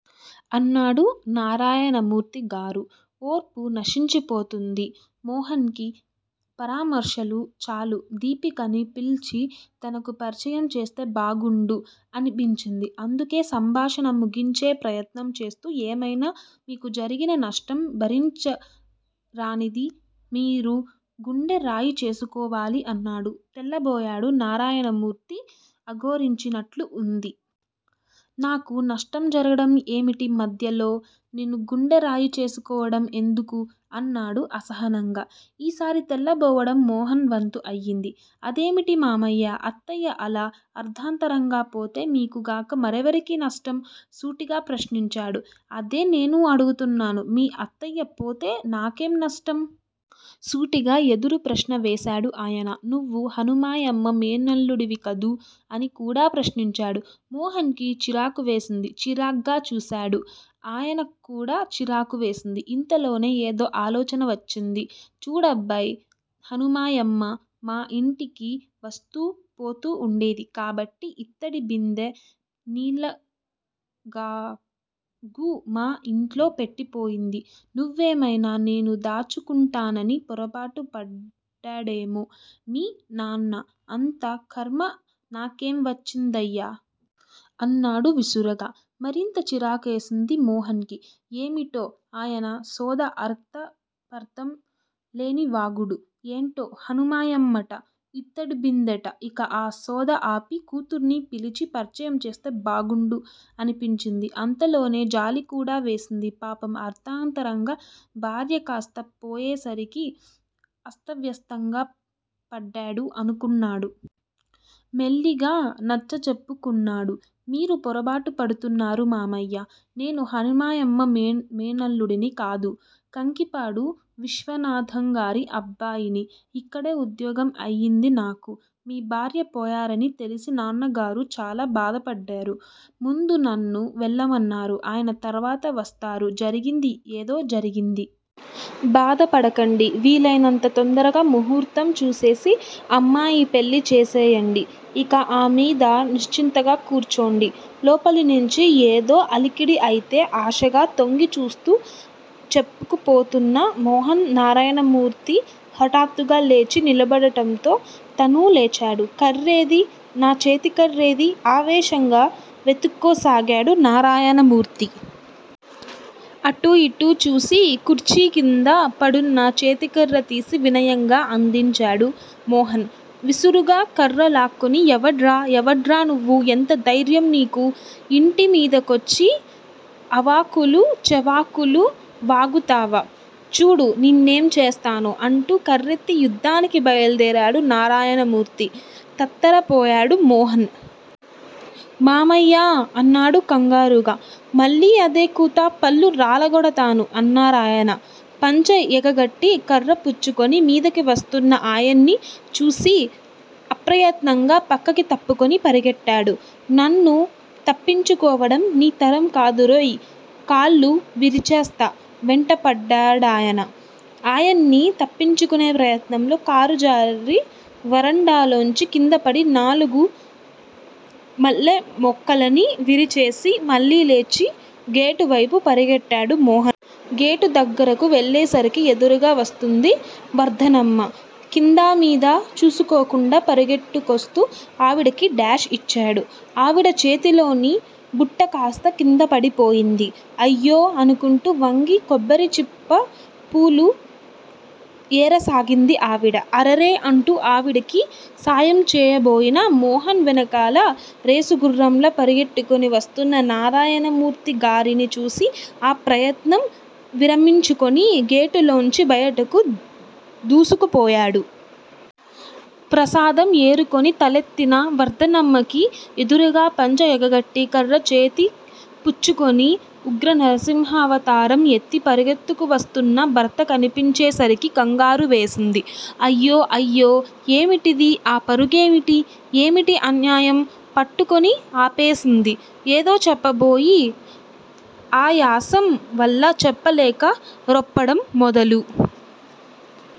అన్నాడు నారాయణమూర్తి గారు. ఓర్పు నశించిపోతోంది మోహన్ కి పరామర్శలు చాలు దీపికని పిల్చి తనకు పరిచయం చేస్తే బాగుండు అనిపించింది. అందుకే సంభాషణ ముగించే ప్రయత్నం చేస్తూ ఏమైనా మీకు జరిగిన నష్టం భరించరానిది మీరు గుండె రాయి చేసుకోవాలి అన్నాడు. తెల్లబోయాడు నారాయణమూర్తి అఘోరించినట్లు ఉంది. నాకు నష్టం జరగడం ఏమిటి మధ్యలో? నేను గుండెరాయి చేసుకోడం ఎందుకూ? అన్నాడు అసహనంగా. ఈసారి తెల్లబోవడం మోహన్ వంతు అయింది. అదేమిటి మామయ్యా అత్తయ్య అలా అర్ధాంతరంగా పోతే మీకు గాక మరెవరికి నష్టం? సూటిగా ప్రశ్నించాడు. అదే నేనూ అడుగుతున్నాను. మీ అత్తయ్య పోతే నాకేం నష్టం? సూటిగా ఎదురు ప్రశ్న వేశాడు ఆయన. నువ్వు హనుమాయమ్మ మేనల్లుడివి కదూ! అని కూడా ప్రశ్నించాడు. మోహన్ కి చిరాకు వేసింది చిరాగ్గా చూశాడు ఆయనక్కూడా చిరాకు వేసింది. ఇంతలోనే ఏదో ఆలోచన వచ్చింది. చూడబ్బాయ్ హనుమాయమ్మా మా యింటికి వస్తూ పోతూ ఉండేది కాబట్టి యిత్తడి బిందే నీళ్ళకాగూ మా ఇంట్లో పెట్టిపోయింది నువ్వేమైనా నేను దాచుకుంటానని పొరబాటు పడ్డాడేమో మీ నాన్నా అంత ఖర్మ నాకేం వచ్చిందయ్యా! అన్నాడు విసురుగా. మరింత చిరాకువేసింది మోహన్ కి. ఏమిటో ఆయనసోద అర్ధ పర్ధంలేని వాగుడు. ఏంటో హనుమాయమ్మట. యిత్తడి బిందెట యిక ఆ సోద ఆపి కూతుర్ని పిలిచి పరిచయం చేస్తే బాగుండు అనిపించింది. అంతలోనే జాలి కూడా వేసింది పాపం అర్థాంతరంగా భార్య కాస్తా పోయే సరికి అస్తవ్యస్తంగా పడ్డాడు అనుకున్నాడు. మెల్లిగా నచ్చచెప్పబూనుకున్నాడు. మీరు పొరబాటు పడుతున్నారు మామయ్యా నేను హనుమాయమ్మ మేనల్లుడిని కాదు కంకిపాడు విశ్వనాధంగారి అబ్బాయిని యిక్కడే ఉద్యోగం అయింది నాకు. మీ భార్య పోయారని తెలిసి నాన్నగారు చాలా బాధపడ్డారు. ముందు నన్ను వెళ్ళమన్నారు ఆయన తర్వాత వస్తారు జరిగింది ఏదో జరిగింది. బాధపడకండి వీలైనంత తొందరగా ముహూర్తం చూసేసి అమ్మాయి పెళ్ళి చేసెయ్యండి. యిక ఆ మీద నిశ్చింతగా కూర్చోండి లోపలినుంచి ఏదో అలికిడి అయితే ఆశగా తొంగి చూస్తూ చెప్పుకుపోతున్న మోహన్ నారాయణమూర్తి హఠాత్తుగా లేచి నిలబడటంతో తనూ లేచాడు. కర్రేది? నా చేతికర్రేది? ఆవేశంగా వెతుక్కోసాగాడు నారాయణమూర్తి. అటూ యిటూ చూసి కుర్చీకింద పడున్న చేతికర్ర తీసి వినయంగా అందించాడు మోహన్. విసురుగా కర్ర లాక్కుని ఎవడ్రా? ఎవడ్రా నువ్వు ఎంతధైర్యం నీకు? ఇంటి మీదికొచ్చి ఆవాకులూ చెవాకులూ వాగుతావా? చూడు నిన్నేం చేస్తానో! అంటూ కర్రెత్తి యుద్ధానికి బయలుదేరాడు నారాయణమూర్తి. తత్తరపోయాడు మోహన్. మామయ్యా! అన్నాడు కంగారుగా. మళ్ళీ అదే కూత పళ్ళు రాలగోడతాను అన్నారాయన. పంచె ఎగగట్టి కర్ర పుచ్చుకుని మీదికి వస్తున్న ఆయన్ని చూసి అప్రయత్నంగా పక్కకి తప్పుకుని పరిగెట్టాడు. నన్ను తప్పించుకోవడం నీ తరం కాదురోయ్ కాళ్ళు విరిచేస్తా! వెంటపడ్డాయన. ఆయన్ని తప్పించుకునే ప్రయత్నంలో కాలుజారి వరండాలోంచి కిందపడి నాలుగు మల్లెమొక్కలను విరిచేసి మళ్ళీ లేచి గేటువైపు పరిగెట్టాడు మోహన్. గేటు దగ్గరకు వెళ్ళేసరికి ఎదురుగా వస్తుంది వర్ధనమ్మ. కిందా మీదా చూసుకోకుండా పరిగెట్టుకొస్తూ ఆవిడకి డాష్ ఇచ్చాడు. ఆవిడ చేతిలోని బుట్టకాస్తా కిందపడిపోయింది. అయ్యో అనుకుంటూ వంగి కొబ్బరిచిప్ప పూలు ఏరసాగింది ఆవిడ. అరెరె అంటూ ఆవిడకి సాయం చెయ్యబోయిన మోహన్ వెనకాల రేసుగుర్రంలా పరిగెట్టుకుని వస్తున్న నారాయణమూర్తిగారిని చూసి ఆ ప్రయత్నం విరమించుకుని గేటులోంచి బయటికి దూసుకుపోయాడు. ప్రసాదం ఏరుకుని తలెత్తిన వర్ధనమ్మకి ఎదురుగా పంచె ఎగగట్టి కర్ర చేతి పుచ్చుకుని ఉగ్రనరసింహావతారం ఎత్తి పరిగెత్తుకువస్తున్న భర్త కనిపించేసరికి కంగారు వేసింది. అయ్యో! అయ్యో! ఏమిటిది? ఆ పరుగేమిటి? ఏమిటీ అన్యాయం? పట్టుకుని ఆపేసింది. ఏదో చెప్పబోయి ఆయాసం వల్ల చెప్పలేక రొప్పడం మొదలు